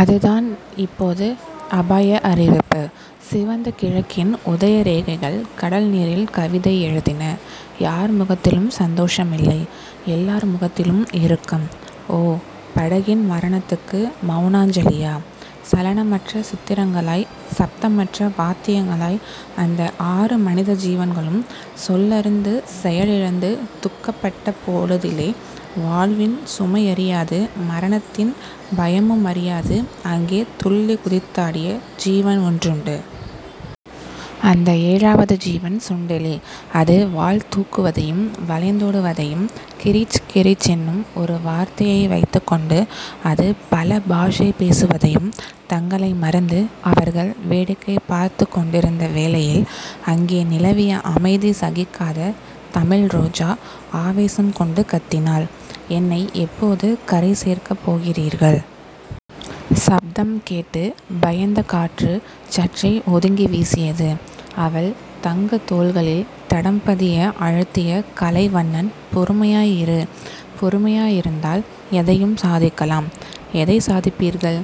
அதுதான் இப்போது அபாய அறிவிப்பு. சிவந்த கிழக்கின் உதயரேகைகள் கடல்நீரில் கவிதை எழுதின. யார் முகத்திலும் சந்தோஷமில்லை. எல்லார் முகத்திலும் இறுக்கம். ஓ. படகின் மரணத்துக்கு மெளனாஞ்சலியா? சலனமற்ற சித்திரங்களாய் சப்தமற்ற வாத்தியங்களாய் அந்த ஆறு மனித ஜீவன்களும் சொல்லறுந்து செயலிழந்து துக்கப்பட்ட பொழுதிலே வாழ்வின் சுமையறியாது, மரணத்தின் பயமுமறியாது அங்கே துள்ளிக் குதித்தாடிய ஜீவன் ஒன்றுண்டு. அந்த ஏழாவது ஜீவன் சுண்டெலி. அது வால் தூக்குவதையும் வளைந்தோடு வதையும் கிரீச் கிரீச்சென்னும் ஒரு வார்த்தையை வைத்துக்கொண்டு அது பல பாஷை பேசுவதையும் தங்களை மறந்து அவர்கள் வேடிக்கை பார்த்துக்கொண்டிருந்த வேளையில் அங்கே நிலவிய அமைதி சகிக்காத தமிழ்ரோஜா ஆவேசம் கொண்டு கத்தினாள். என்னை எப்போது கரை சேர்க்கப்போகிறீர்கள்? சப்தம் கேட்டுப் பயந்த காற்று சற்றே ஒதுங்கி வீசியது. அவள் தங்கத் தோள்களில் தடம்பதிய அழுத்திய கலைவண்ணன் பொறுமையாய் இரு. பொறுமையாயிருந்தால் எதையும் சாதிக்கலாம். எதைச் சாதிப்பீர்கள்?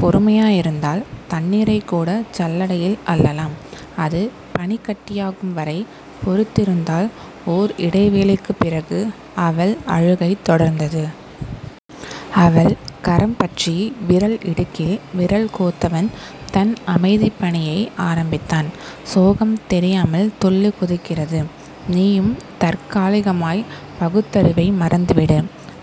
பொறுமையாயிருந்தால் தண்ணீரைக் கூடச் சல்லடையில் அள்ளலாம் அது பனிக் கட்டியாகும்வரை பொறுத்திருந்தால் ஓர் இடைவேளைக்குப் பிறகு அவள் அழுகை தொடர்ந்தது. அவள் கரம்பற்றி விரல் இடுக்கில் விரல் கோத்தவன் தன் அமைதிப்பணியை ஆரம்பித்தான். சோகம் தெரியாமல் துள்ளிக்குதிக்கிறது. நீயும் தற்காலிகமாய்ப் பகுத்தறிவை மறந்துவிடு.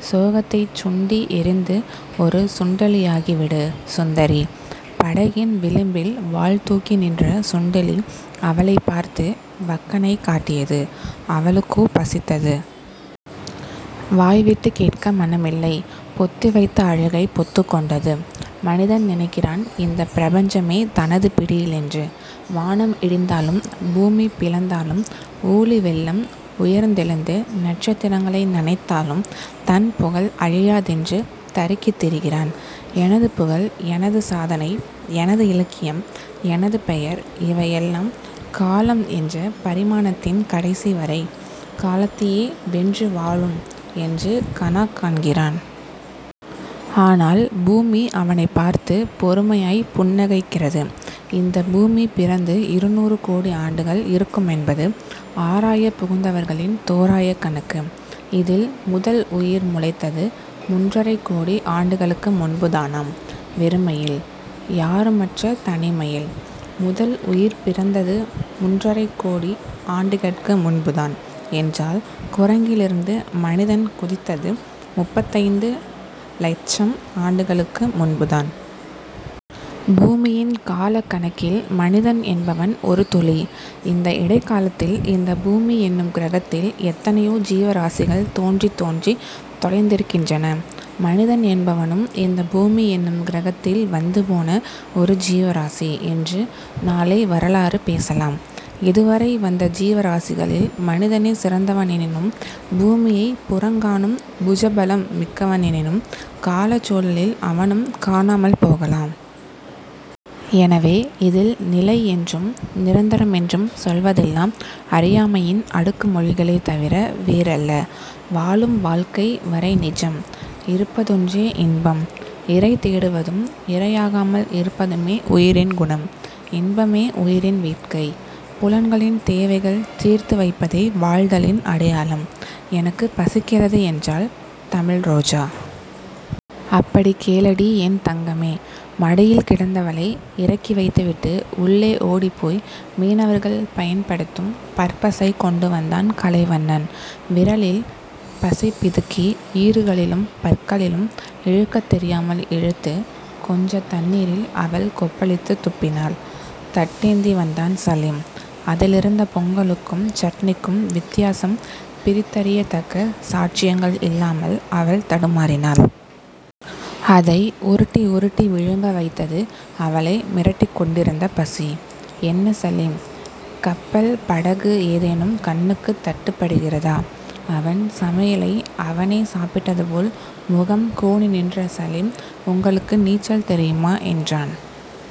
சோகத்தைச் சுண்டி எறிந்து ஒரு சுண்டெலியாகி விடு சுந்தரி.. படகின் விளிம்பில் வால்தூக்கி நின்ற சுண்டெலி அவளைப் பார்த்து வக்கணை காட்டியது. அவளுக்கோ பசித்தது. வாய்விட்டுக் கேட்க மனமில்லை. பொத்திவைத்த அழுகை பொத்துக் கொண்டது. மனிதன் நினைக்கிறான் இந்தப் பிரபஞ்சமே தனது பிடியிலென்று. வானம் இடிந்தாலும் பூமி பிளந்தாலும் ஊழிவெள்ளம் உயர்ந்தெழுந்து நட்சத்திரங்ளை நனைத்தாலும் தன் புகழ் அழியாதென்று தருக்கித் திரிகிறான். எனது புகழ் எனது சாதனை எனது இலக்கியம் எனது பெயர் இவையெல்லாம் காலம் என்ற பரிமாணத்தின் கடைசி வரை, காலத்தையே வென்றுவாழும் என்று கனாக்காண்கிறான். ஆனால், பூமி அவனைப் பார்த்துப் பொறுமையாய்ப் புன்னகைக்கிறது. இந்தப் பூமி பிறந்து இருநூறு கோடி ஆண்டுகள் இருக்குமென்பது ஆராயப் புகுந்தவர்களின் தோராயக் கணக்கு. இதில் முதல் உயிர் முளைத்தது முன்றரைக் கோடி ஆண்டுகளுக்கு முன்புதானாம். வெறுமையில்... யாருமற்ற தனிமையில். முதல் உயிர் பிறந்தது முன்றரைக் கோடி ஆண்டுகட்கு முன்புதான் என்றால் குரங்கிலிருந்து மனிதன் குதித்தது முப்பத்தைந்து லட்சம் ஆண்டுகளுக்கு முன்புதான். பூமியின் காலக்கணக்கில் மனிதன் என்பவன் ஒரு துளி. இந்த இடைக்காலத்தில் இந்தப் பூமி என்னும் கிரகத்தில் எத்தனையோ ஜீவராசிகள் தோன்றித் தோன்றித் தொலைந்திருக்கின்றன. மனிதன் என்பவனும் இந்தப் பூமி என்னும் கிரகத்தில் வந்துபோன ஒரு ஜீவராசி என்று நாளை வரலாறு பேசலாம். இதுவரை வந்த ஜீவராசிகளில் மனிதனே சிறந்தவனெனினும் பூமியைப் புறங்காணும் புஜபலம் மிக்கவனெனினும் காலச்சூழலில் அவனும் காணாமல் போகலாம். எனவே இதில் நிலை என்றும் நிரந்தரமென்றும் சொல்வதெல்லாம் அறியாமையின் அடுக்குமொழிகளே தவிர வேறல்ல. வாழும் வாழ்க்கை வரை நிஜம். இருப்பதொன்றே இன்பம். இரை தேடுவதும் இரையாகாமல் இருப்பதுமே உயிரின் குணம். இன்பமே உயிரின் வேட்கை. புலன்களின் தேவைகள் தீர்த்து வைப்பதே வாழ்தலின் அடையாளம். எனக்குப் பசிக்கிறது என்றாள் தமிழ் ரோஜா. அப்படிக் கேளடி என் தங்கமே. மடியில் கிடந்தவளை இறக்கிவைத்துவிட்டு, உள்ளே ஓடிப்போய் மீனவர்கள் பயன்படுத்தும் பற்பசை கொண்டுவந்தான் கலைவண்ணன். விரலில் பசைபிதுக்கி ஈறுகளிலும் பற்களிலும் இழுக்கத் தெரியாமல் இழுத்து, கொஞ்சத் தண்ணீரில் அவள் கொப்பளித்துத் துப்பினாள். தட்டேந்தி வந்தான் சலீம். அதிலிருந்த பொங்கலுக்கும் சட்னிக்கும் வித்தியாசம் பிரித்தறியத்தக்க சாட்சியங்கள் இல்லாமல் அவள் தடுமாறினாள். அதை உருட்டி உருட்டி விழுங்கவைத்தது அவளை மிரட்டிக்கொண்டிருந்த பசி. என்ன சலீம். கப்பல், படகு ஏதேனும் கண்ணுக்குத் தட்டுப்படுகிறதா? அவன் சமையலை அவனே சாப்பிட்டதுபோல் முகம் கோணிநின்ற சலீம் உங்களுக்கு நீச்சல் தெரியுமா? என்றான்.